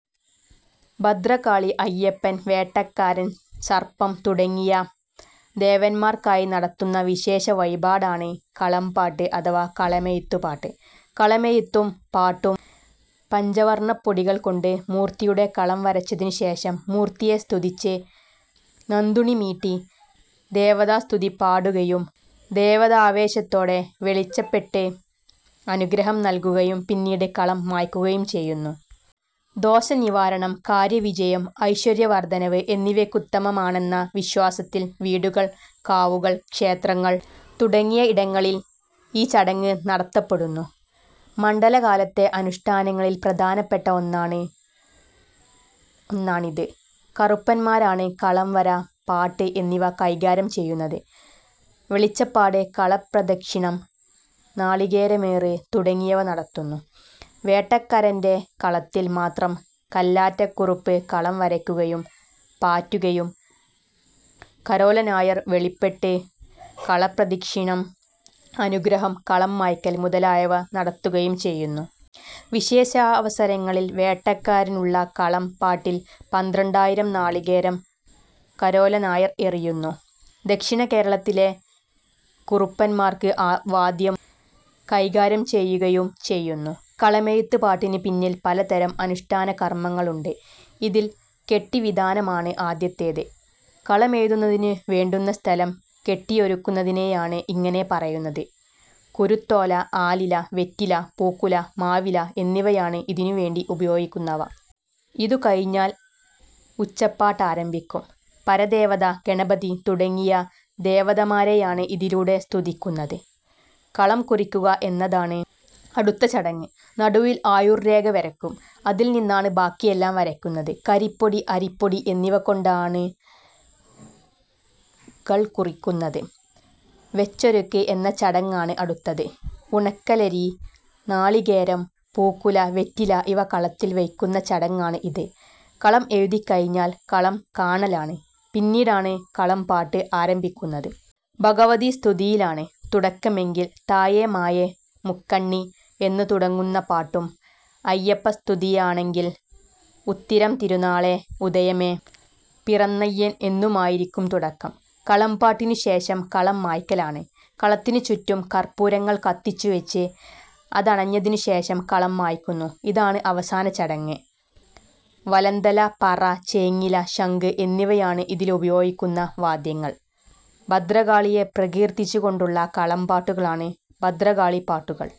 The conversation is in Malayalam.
ഭദ്രകാളി, അയ്യപ്പൻ, വേട്ടക്കരൻ, സർപ്പം തുടങ്ങിയ ദേവന്മാർക്കായി നടത്തുന്ന വിശേഷ വഴിപാടാണ് കളംപാട്ട് അഥവാ കളമെഴുത്തുപാട്ട്. കളമെഴുത്തും പാട്ടുംപഞ്ചവർണപ്പൊടികൾ കൊണ്ട് മൂർത്തിയുടെ കളം വരച്ചതിനു ശേഷം മൂർത്തിയെ സ്തുതിച്ച് നന്തുണി മീട്ടി ദേവതാസ്തുതി പാടുകയും ദേവതാവേശത്തോടെ വെളിച്ചപ്പെട്ട് അനുഗ്രഹം നൽകുകയും പിന്നീട് കളം മായ്ക്കുകയും ചെയ്യുന്നു. ദോഷനിവാരണം, കാര്യവിജയം, ഐശ്വര്യവർദ്ധനവ് എന്നിവക്കുത്തമമാണെന്ന വിശ്വാസത്തിൽ വീടൂകൾ, കാവുകൾ, ക്ഷേത്രങ്ങൾ തുടങ്ങിയ ഇടങ്ങളിൽ ഈ ചടങ്ങ് നടത്തപ്പെടുന്നു. മണ്ഡലകാലത്തെ അനുഷ്ഠാനങ്ങളിൽ പ്രധാനപ്പെട്ട ഒന്നാണിത്. കുറുപ്പന്മാരാണ് കളം വര, പാട്ട് എന്നിവ കൈകാര്യം ചെയ്യുന്നത്. വെളിച്ചപ്പാട് കളപ്രദക്ഷിണം നാളീകേരമേറ് തുടങ്ങിയവ നടത്തുന്നു. വേട്ടക്കരന്റെ കളത്തിൽ മാത്രം കല്ലാറ്റക്കുറുപ്പ് കളം വരക്കുകയും പാറ്റുകയും കാരോലനായർ വെളിപ്പെട്ട് കളപ്രദക്ഷിണം, അനുഗ്രഹം കളം മായ്ക്കൽ മുതലായവ നടത്തുകയും ചെയ്യുന്നു. വിശേഷാവസരങ്ങളിൽ വേട്ടക്കരനുള്ള കളം പാട്ടിൽ പന്ത്രണ്ടായിരം നാളികേരം കാരോലനായർ എറിയുന്നു. ദക്ഷിണകേരളത്തിലെ കുറുപ്പന്മാർക്ക് വാദ്യം കൈകാര്യം ചെയ്യുകയും ചെയ്യുന്നു. കളമെഴുത്ത് പാട്ടിനു പിന്നിൽ പലതരം അനുഷ്ടാനകർമ്മങ്ങളുണ്ട്. ഇതിൽ കെട്ടിവിതാനമാണ് ആദ്യത്തേത്. കളമെഴുതുന്നതിനു വേണ്ടുന്ന സ്ഥലം കെട്ടിയൊരുക്കുന്നതിനെയാണ് ഇങ്ങനെ പറയുന്നത്. കുരുത്തോല, ആലില, വെറ്റില, പൂക്കുല, മാവില എന്നിവയാണ് ഇതിനുവേണ്ടി ഉപയോഗിക്കുന്നവ. ഇതുകഴിഞ്ഞാൽ ഉച്ചപ്പാട്ടാരംഭിക്കും. പരദേവത, ഗണപതി, തുടങ്ങിയ ദേവതമാരെയാണ് ഇതിലൂടെ സ്തുതിക്കുന്നത്. കളംകുറിക്കുക എന്നതാണ് അടുത്ത ചടങ്ങ്. നടുവിൽ ആയുർ രേഖ വരയ്ക്കും അതിൽനിന്നാണ് ബാക്കിയെല്ലാം വരയ്ക്കുന്നത്. കരിപ്പൊടി, അരിപ്പൊടി, എന്നിവ കൊണ്ടാണ്കള് കുറിക്കുന്നത്. വെച്ചൊരുക്ക് എന്നചടങ്ങാണ് അടുത്തത്. ഉണക്കലരി, നാളീകേരം, പൂക്കുല, വെറ്റില ഇവ കളത്തിൽ വയ്ക്കുന്നചടങ്ങാണ് ഇത്. കളം എഴുതിക്കഴിഞ്ഞാൽ കളംകാണലാണ്. പിന്നീടാണ് കളംപാട്ട് ആരംഭിക്കുന്നത്. ഭഗവതി സ്തുതിയിലാണ് തുടക്കമെങ്കിൽ "തായേ മായേ മുക്കണ്ണി "എന്നുതുടങ്ങുന്നപാട്ടും അയ്യപ്പസ്തുതിയാണെങ്കിൽ "ഉത്തിരം തിരുനാളേ ഉദയമേ പിറന്നയ്യൻ"എന്നുമായിരിക്കം തുടക്കം. കളം പാട്ടിനുശേഷം കളം മായ്ക്കലാണ്. കളത്തിനുചുറ്റും കർപ്പൂരങ്ങൾ കത്തിച്ചുവച്ച് അതണഞ്ഞതിനുശേഷം കളം മായ്ക്കുന്നു. ഇതാണ് അവസാനചടങ്ങ്. വലന്തല, പറ, ചേങ്ങില, ശംഖ്, എന്നിവയാണ് ഇതിലുപയോഗിക്കുന്ന വാദ്യങ്ങൾ. ഭദ്രകാളിയെ പ്രകീർത്തിച്ചുകൊണ്ടുള്ള കളം പാട്ടുകളാണ് ഭദ്രകാളിപാട്ടുകൾ.